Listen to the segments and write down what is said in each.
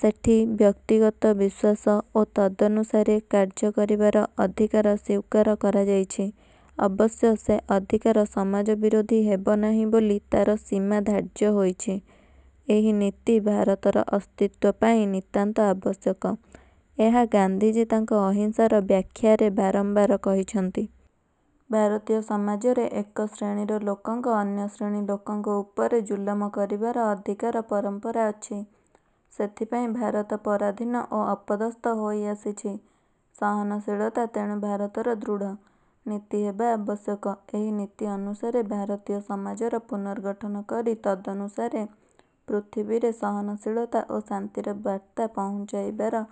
ସେଠି ବ୍ୟକ୍ତିଗତ ବିଶ୍ୱାସ ଓ ତଦନୁସାରେ କାର୍ଯ୍ୟ କରିବାର ଅଧିକାର ସ୍ୱୀକାର କରାଯାଇଛି। ଅବଶ୍ୟ ସେ ଅଧିକାର ସମାଜବିରୋଧୀ ହେବନାହିଁ ବୋଲି ତାର ସୀମା ଧାର୍ଯ୍ୟ ହୋଇଛି। ଏହି ନୀତି ଭାରତର ଅସ୍ତିତ୍ୱ ପାଇଁ ନିତାନ୍ତ ଆବଶ୍ୟକ। ଏହା ଗାନ୍ଧିଜୀ ତାଙ୍କ ଅହିଂସାର ବ୍ୟାଖ୍ୟାରେ ବାରମ୍ବାର କହିଛନ୍ତି। ଭାରତୀୟ ସମାଜରେ ଏକ ଶ୍ରେଣୀର ଲୋକଙ୍କ ଅନ୍ୟ ଶ୍ରେଣୀ ଲୋକଙ୍କ ଉପରେ ଜୁଲମ କରିବାର ଅଧିକାର ପରମ୍ପରା ଅଛି। ସେଥିପାଇଁ ଭାରତ ପରାଧୀନ ଓ ଅପଦସ୍ଥ ହୋଇଆସିଛି। ସହନଶୀଳତା ତେଣୁ ଭାରତର ଦୃଢ଼। ନୀତି ହେବା ଆବଶ୍ୟକ। ଏହି ନୀତି ଅନୁସାରେ ଭାରତୀୟ ସମାଜର ପୁନର୍ଗଠନ କରି ତଦନୁସାରେ ପୃଥିବୀରେ ସହନଶୀଳତା ଓ ଶାନ୍ତିର ବାର୍ତ୍ତା ପହୁଞ୍ଚାଇବାର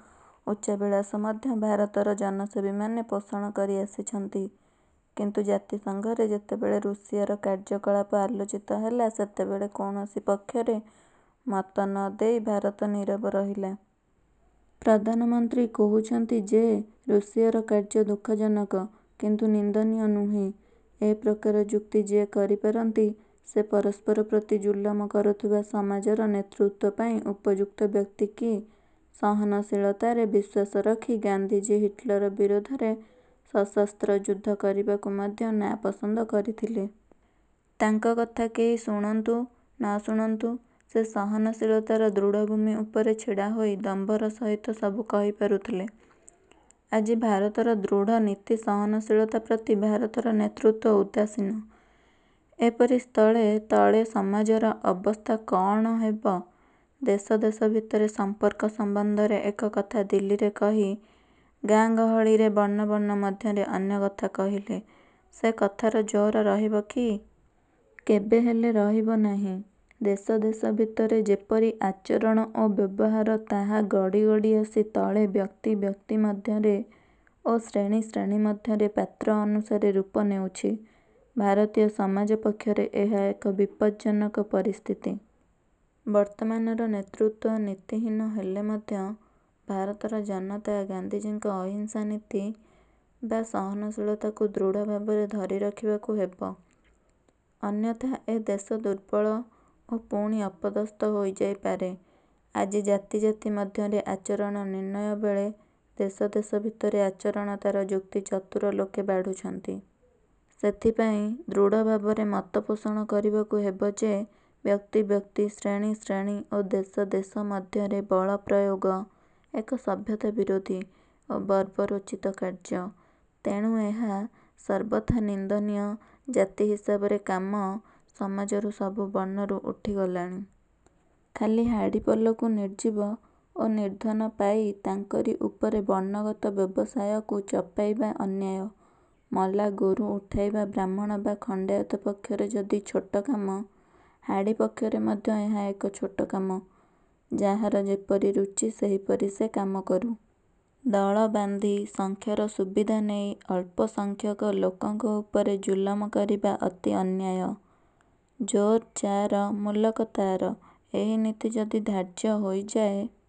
ଉଚ୍ଚାଭିଳାଷ ମଧ୍ୟ ଭାରତର ଜନସେବୀମାନେ ପୋଷଣ କରିଆସିଛନ୍ତି; କିନ୍ତୁ ଜାତିସଂଘରେ ଯେତେବେଳେ ରୁଷିଆର କାର୍ଯ୍ୟକଳାପ ଆଲୋଚିତ ହେଲା, ସେତେବେଳେ କୌଣସି ପକ୍ଷରେ ମତ ନ ଦେଇ ଭାରତ ନୀରବ ରହିଲା। ପ୍ରଧାନମନ୍ତ୍ରୀ କହୁଛନ୍ତି ଯେ ରୁଷିଆର କାର୍ଯ୍ୟ ଦୁଃଖଜନକ; କିନ୍ତୁ ନିନ୍ଦନୀୟ ନୁହେଁ-। ଏପ୍ରକାର ଯୁକ୍ତି ଯେ କରିପାରନ୍ତି, ସେ ପରସ୍ପର ପ୍ରତି ଜୁଲମ କରୁଥିବା ସମାଜର ନେତୃତ୍ୱ ପାଇଁ ଉପଯୁକ୍ତ ବ୍ୟକ୍ତି କି? ସହନଶୀଳତାରେ ବିଶ୍ୱାସ ରଖି ଗାନ୍ଧିଜୀ ହିଟ୍ଲର ବିରୋଧରେ ସଶସ୍ତ୍ର ଯୁଦ୍ଧ କରିବାକୁ ମଧ୍ୟ ନାପସନ୍ଦ କରିଥିଲେ। ତାଙ୍କ କଥା କେହି ଶୁଣନ୍ତୁ ନ ଶୁଣନ୍ତୁ ସେ ସହନଶୀଳତାର ଦୃଢ଼ଭୂମି ଉପରେ ଛିଡ଼ାହୋଇ ଦମ୍ଭର ସହିତ ସବୁ କହିପାରୁଥିଲେ। ଆଜି ଭାରତର ଦୃଢ଼ ନୀତି ସହନଶୀଳତା ପ୍ରତି ଭାରତର ନେତୃତ୍ୱ ଉଦାସୀନ। ଏପରି ସ୍ଥଳେ ତଳେ ସମାଜର ଅବସ୍ଥା କଅଣ ହେବ? ଦେଶ ଦେଶ ଭିତରେ ସମ୍ପର୍କ ସମ୍ବନ୍ଧରେ ଏକ କଥା ଦିଲ୍ଲୀରେ କହି, ଗାଁ ଗହଳିରେ ବର୍ଣ୍ଣ ବର୍ଣ୍ଣ ମଧ୍ୟରେ ଅନ୍ୟ କଥା କହିଲେ, ସେ କଥାର ଜୋର ରହିବ କି? କେବେ ହେଲେ ରହିବ ନାହିଁ-। ଦେଶ ଦେଶ ଭିତରେ ଯେପରି ଆଚରଣ ଓ ବ୍ୟବହାର ତାହା ଗଡ଼ି ଗଡ଼ି ଆସି ତଳେ ବ୍ୟକ୍ତି ବ୍ୟକ୍ତି ମଧ୍ୟରେ ଓ ଶ୍ରେଣୀ ଶ୍ରେଣୀ ମଧ୍ୟରେ ପାତ୍ର ଅନୁସାରେ ରୂପ ନେଉଛି-। ଭାରତୀୟ ସମାଜ ପକ୍ଷରେ ଏହା ଏକ ବିପଜ୍ଜନକ ପରିସ୍ଥିତି। ବର୍ତ୍ତମାନର ନେତୃତ୍ୱ ନୀତିହୀନ ହେଲେ ମଧ୍ୟ ଭାରତର ଜନତା ଗାନ୍ଧିଜୀଙ୍କ ଅହିଂସା ନୀତି ବା ସହନଶୀଳତାକୁ ଦୃଢ଼ ଭାବରେ ଧରି ରଖିବାକୁ ହେବ-। ଅନ୍ୟଥା ଏ ଦେଶ ଦୁର୍ବଳ ଓ ପୁଣି ଅପଦସ୍ଥ ହୋଇଯାଇପାରେ। ଆଜି ଜାତି ଜାତି ମଧ୍ୟରେ ଆଚରଣ ନିର୍ଣ୍ଣୟବେଳେ ଦେଶ ଦେଶ ଭିତରେ ଆଚରଣତାର ଯୁକ୍ତି ଚତୁର ଲୋକେ ବାଢ଼ୁଛନ୍ତି। ସେଥିପାଇଁ ଦୃଢ଼ଭାବରେ ମତ ପୋଷଣ କରିବାକୁ ହେବ ଯେ ବ୍ୟକ୍ତି ବ୍ୟକ୍ତି, ଶ୍ରେଣୀ ଶ୍ରେଣୀ ଓ ଦେଶ ଦେଶ ମଧ୍ୟରେ ବଳ ପ୍ରୟୋଗ ଏକ ସଭ୍ୟତା ବିରୋଧୀ ଓ ବର୍ବରୋଚିତ କାର୍ଯ୍ୟ। ତେଣୁ ଏହା ସର୍ବଥା 'ନିନ୍ଦନୀୟ' ଜାତି ହିସାବରେ କାମ ସମାଜରୁ ସବୁ ବର୍ଣ୍ଣରୁ ଉଠିଗଲାଣି। ଖାଲି ହାଡ଼ିପଲକୁ ନିର୍ଜୀବ ଓ ନିର୍ଦ୍ଧନ ପାଇ ତାଙ୍କରି ଉପରେ ବର୍ଣ୍ଣଗତ ବ୍ୟବସାୟକୁ ଚପାଇବା ଅନ୍ୟାୟ। ମଲା ଗୋରୁ ଉଠାଇବା ବ୍ରାହ୍ମଣ ବା ଖଣ୍ଡାୟତ ପକ୍ଷରେ ଯଦି ଛୋଟ କାମ, ହାଡ଼ି ପକ୍ଷରେ ମଧ୍ୟ ଏହା ଏକ ଛୋଟ କାମ। ଯାହାର ଯେପରି ରୁଚି ସେହିପରି ସେ କାମ କରୁ। ଦଳ ବାନ୍ଧି ସଂଖ୍ୟାର ସୁବିଧା ନେଇ ଅଳ୍ପସଂଖ୍ୟକ ଲୋକଙ୍କ ଉପରେ ଜୁଲମ କରିବା ଅତି ଅନ୍ୟାୟ। ଜୋର୍ ଯା'ର ମୁଲକ ତା'ର ଏହି ନୀତି ଯଦି ଧାର୍ଯ୍ୟ ହୋଇଯାଏ,